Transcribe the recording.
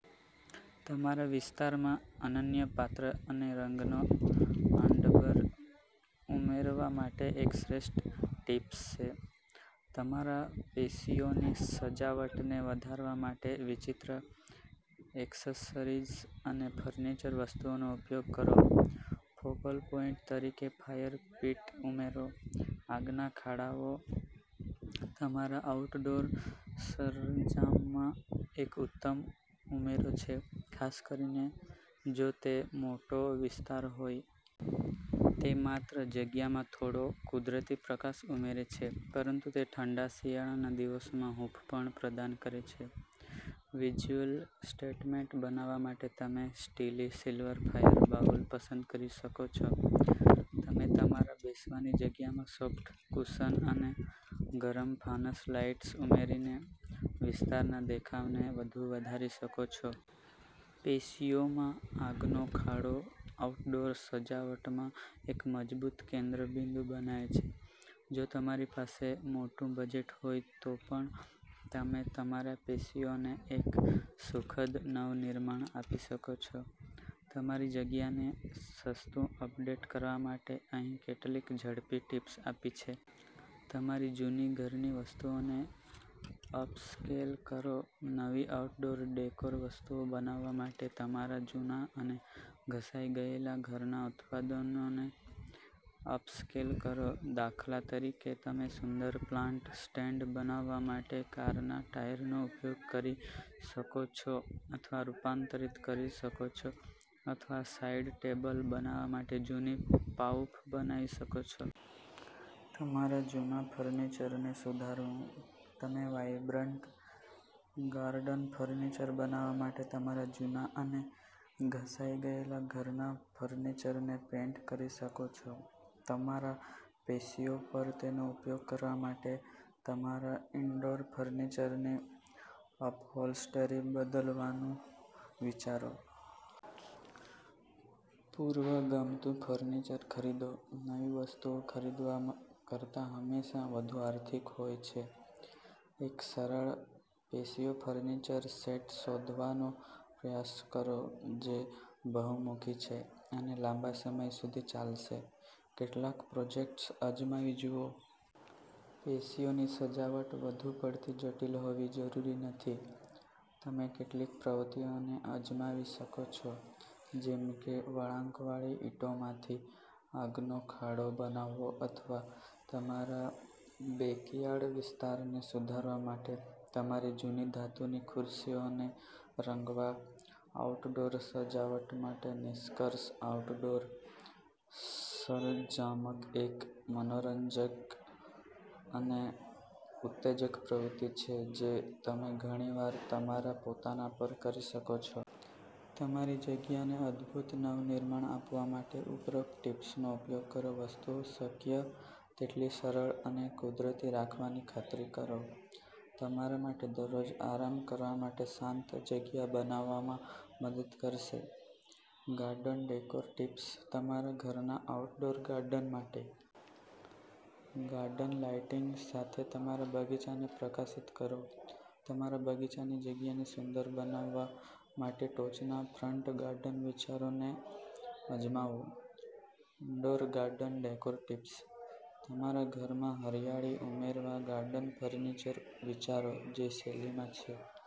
તમારા વિસ્તારમાં અનન્ય પાત્ર અને રંગનો આડંબર ઉમેરવા માટે એક શ્રેષ્ઠ ટીપ્સ છે. તમારા પેશિયોની સજાવટને વધારવા માટે વિચિત્ર એક્સેસરીઝ અને ફર્નિચર વસ્તુઓનો ઉપયોગ કરો. ફોકલ પોઈન્ટ તરીકે ફાયર પીટ ઉમેરો .આગના ખાડાઓ તમારા આઉટડોર સરંજામમાં એક ઉત્તમ ઉમેરો છે ખાસ કરીને જો તે મોટો વિસ્તાર હોય. તે માત્ર જગ્યામાં થોડો કુદરતી પ્રકાશ ઉમેરે છે પરંતુ તે ઠંડા શિયાળાના દિવસોમાં હૂંફ પણ પ્રદાન કરે છે. વિઝ્યુઅલ સ્ટેટમેન્ટ બનાવવા માટે તમે સ્ટીલી સિલ્વર ફાયર બાઉલ પસંદ કરી શકો છો. તમે તમારા બેસવાની જગ્યામાં સોફ્ટ કુશન અને ગરમ ફાનસ લાઇટ્સ ઉમેરીને વિસ્તારના દેખાવને વધુ વધારી શકો છો. પેશિયોમાં આગનો ખાડો આઉટડોર સજાવટમાં એક મજબૂત કેન્દ્રબિંદુ બનાવે છે. જો તમારી પાસે મોટું બજેટ હોય તો પણ તમે તમારા પેશિયોને એક સુખદ નવનિર્માણ આપી શકો છો. તમારી જગ્યાને સસ્તું અપડેટ કરવા માટે અહીં કેટલીક ઝડપી ટીપ્સ આપી છે. તમારી જૂની ઘરની વસ્તુઓને અપસ્કેલ કરો. નવી આઉટડોર ડેકોર વસ્તુઓ બનાવવા માટે તમારા જૂના અને ઘસાઈ ગયેલા ઘરના ઉત્પાદનોને અપસ્કેલ કરો. દાખલા તરીકે, તમે સુંદર પ્લાન્ટ સ્ટેન્ડ બનાવવા માટે કારના ટાયરનો ઉપયોગ કરી શકો છો અથવા રૂપાંતરિત કરી શકો છો અથવા સાઇડ ટેબલ બનાવવા માટે જૂની પાઉફ બનાવી શકો છો. તમારા જૂના ફર્નિચરને સુધારવું તમે વાઇબ્રન્ટ ગાર્ડન ફર્નિચર બનાવવા માટે તમારા જૂના અને ઘસાઈ ગયેલા ઘરના ફર્નિચરને પેઇન્ટ કરી શકો છો. તમારા પેશિયો પર તેનો ઉપયોગ કરવા માટે તમારા ઇન્ડોર ફર્નિચરની અપહોલ્સ્ટરી બદલવાનું વિચારો. પૂર્વ ગમતું ફર્નિચર ખરીદો. નવી વસ્તુઓ ખરીદવા કરતાં હંમેશા વધુ આર્થિક હોય છે. એક સરળ પેશિયો ફર્નિચર સેટ શોધવાનો પ્રયાસ કરો જે બહુમુખી છે અને લાંબા સમય સુધી ચાલશે. કેટલાક પ્રોજેક્ટ્સ અજમાવી જુઓ. પેશિયોની સજાવટ વધુ પડતી જટિલ હોવી જરૂરી નથી. તમે કેટલીક પ્રવૃત્તિઓને અજમાવી શકો છો જેમ કે વળાંકવાળી ઇંટોમાંથી આગનો ખાડો બનાવવો અથવા તમારા બેકયાર્ડ વિસ્તારને સુધારવા માટે તમારી જૂની ધાતુની ખુરશીઓને રંગવા. આઉટડોર સજાવટ માટે નિષ્કર્ષ આઉટડોર સરંજામએક મનોરંજક અને ઉત્તેજક પ્રવૃત્તિ છે જે તમે ઘણીવાર તમારા પોતાના પર કરી શકો છો. તમારી જગ્યાને અદભૂત નવનિર્માણ આપવા માટે ઉપરોક્ત ટીપ્સનો ઉપયોગ કરો. વસ્તુઓ શક્ય તેટલી સરળ અને કુદરતી રાખવાની ખાતરી કરો. તમારા માટે દરરોજ આરામ કરવા માટે શાંત જગ્યા બનાવવામાં મદદ કરશે. ગાર્ડન ડેકોર ટિપ્સ તમારા ઘરના આઉટડોર ગાર્ડન માટે. ગાર્ડન લાઇટિંગ સાથે તમારા બગીચાને પ્રકાશિત કરો. તમારા બગીચાની જગ્યાને સુંદર બનાવવા માટે ટોચના ફ્રન્ટ ગાર્ડન વિચારોને અજમાવો. Indoor garden decor tips. તમારા ઘરમાં હરિયાળી ઉમેરવા ગાર્ડન ફર્નિચર વિચારો જે શૈલીમાં છે.